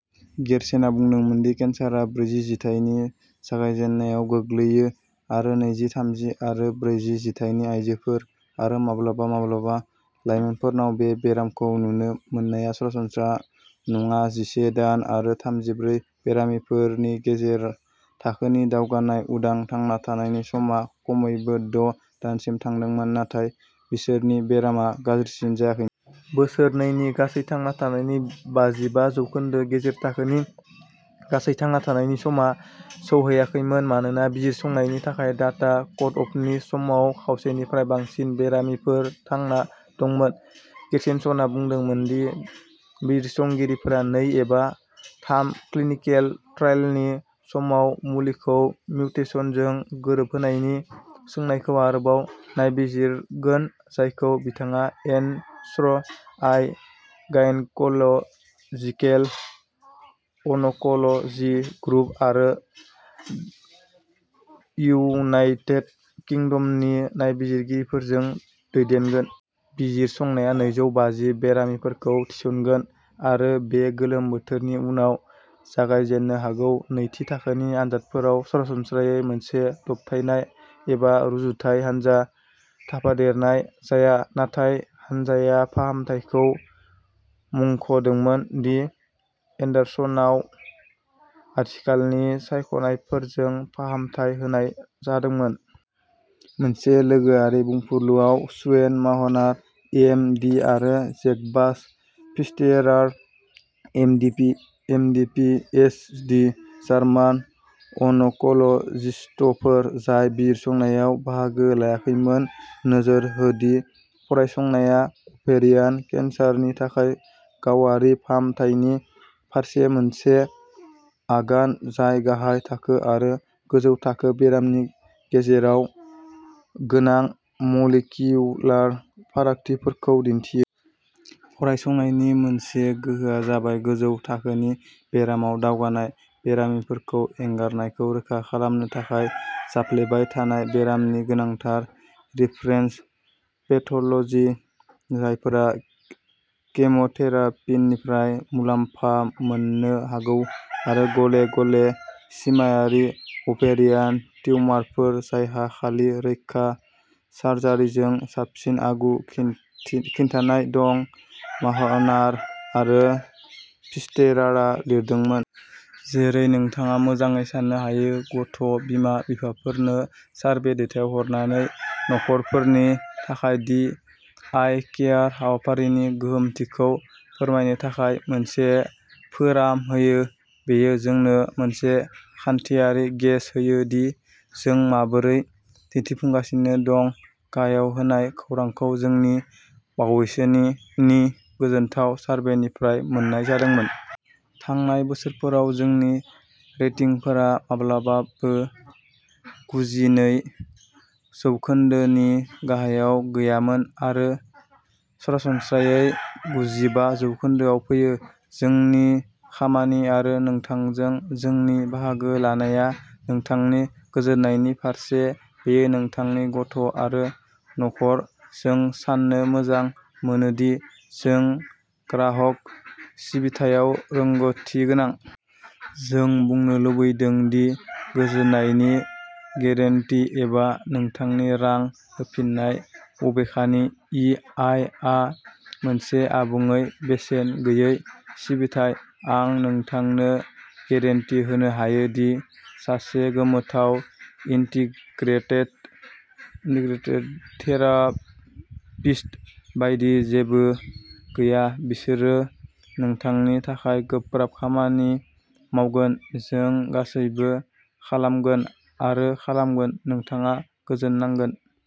गेरशेनसनआ बुंदोंमोन दि केन्सारआ ब्रैजि जिथाइनि जागायजेन्नायाव गोग्लैयो आरो नैजि, थामजि आरो ब्रैजि जिथाइनि आयजोफोर आरो माब्लाबा माब्लाबा लाइमोनफोरनाव बे बेरामखौ नुनो मोननाया सरासनस्रा नङा। जिसे दान आरो थामजिब्रै बेरामिफोर नि गेजेर थाखोनि दावगानाय उदां थांना थानायनि समा खमैबो द' दानसिम थांदोंमोन, नाथाय बिसोरनि बेरामा गाज्रिसिन जायाखैमोन। बोसोरनैनि गासै थांना थानायनि बाजिबा जौखोन्दो। गेजेर थाखोनि गासै थांना थानायनि समा सौहैआखैमोन मानोना बिजिरसंनायनि थाखाय डाटा कटअफनि समाव खावसेनिफ्राय बांसिन बेरामिफोर थांना दंमोन। गेरशेनसनआ बुंदोंमोन दि बिजिरसंगिरिफोरा नै एबा थाम क्लिनिकेल ट्राइलनि समाव मुलिखौ मिउटेसनजों गोरोबहोनायनि सोंनायखौ आरोबाव नायबिजिरगोन, जायखौ बिथाङा N S I gynaecological oncology group आरो इउनाइटेड किंडमनि नायबिजिरगिरिफोरजों दैदेनगोन। बिजिरसंनाया नैजौ बाजि बेरामिफोरखौ थिसनगोन आरो बे गोलोम बोथोरनि उनाव जागायजेन्नो हागौ। नैथि थाखोनि आनजादफोराव सरासनस्रायै मोनसे दबथायनाय एबा रुजुथाय हानजा थाफादेरनाय जाया नाथाय हानजाया फाहामथायखौ मुंख'दोंमोन। डि एन्डारसनआव आथिखालनि सायख'नायफोरजों फाहामथाय होनाय जादोंमोन। मोनसे लोगोआरि बुंफुरलुआव स्वेन माहनार, एम डि आरो Jacobus Pfisterer, M D P H D German अनक'ल'जिस्टफोर जाय बिजिरसंनायाव बाहागो लायाखैमोन, नोजोर हो दि फरायसंनाया अभेरियान केन्सारनि थाखाय गावारि फाहामथायनि फारसे मोनसे आगान जाय गाहाय थाखो आरो गोजौ थाखो बेरामनि गेजेराव गोनां मलिकिउलार फारागथिफोरखौ दिन्थियो। "फरायसंनायनि मोनसे गोहोआ जाबाय गोजौ थाखोनि बेरामाव दावगानाय बेरामिफोरखौ एंगारनायखौ रोखा खालामनो थाखाय जाफ्लेबाय थानाय बेरामनि गोनांथार रिफरेन्स पेथ'ल'जि, जायफोरा केम'थेरापिनिफ्राय मुलाम्फा मोननो हागौ आरो गले-गले सिमाआरि अभेरियान टिउमारफोर जायहा खालि रैखा सार्जारिजों साबसिन आगु खिन्थानाय दं", माहनार आरो फिस्टेरारा लिरदोंमोन। जेरै नोंथाङा मोजाङै सान्नो हायो, गथ' बिमा-बिफाफोरनो सारभे दैथायहरनानै नखरफोरनि थाखाय दि आइ केयार हाबाफारिनि गोहोमथिखौ फोरमायनो थाखाय मोनसे फोराम होयो। बेयो जोंनो मोनसे खान्थियारि गेज होयो दि जों माबोरै दिन्थिफुंगासिनो दं। गाहायाव होनाय खौरांखौ जोंनि बावैसोनि नि गोजोनथाव सारभेनिफ्राय मोन्नाय जादोंमोन। थांनाय बोसोरफोराव जोंनि रेटिंफोरा माब्लाबाबो गुजिनै जौखोन्दोनि गाहायाव गैयामोन आरो सरासनस्रायै गुजिबा जौखोन्दोआव फैयो। जोंनि खामानि आरो नोंथांजों जोंनि बाहागो लानाया नोंथांनि गोजोननायनि फारसे। बेयो नोंथांनि गथ' आरो नखर। जों साननो मोजां मोनो दि जों ग्राहक सिबिथायाव रोंग'थिगोनां। जों बुंनो लुबैदों दि गोजोननायनि गेरेन्टि एबा नोंथांनि रां होफिननाय। बबेखानि, इ आइ आ मोनसे आबुङै बेसेन गैयै सिबिथाइ। आं नोंथांनो गेरेन्टि होनो हायो दि सासे गोमोथाव इन्टिग्रेटेड थेरापिस्ट बायदि जेबो गैया। बिसोरो नोंथांनि थाखाय गोब्राब खामानि मावगोन। जों गासैबो खालामगोन आरो खालामगोन। नोंथाङा गोजोननांगोन।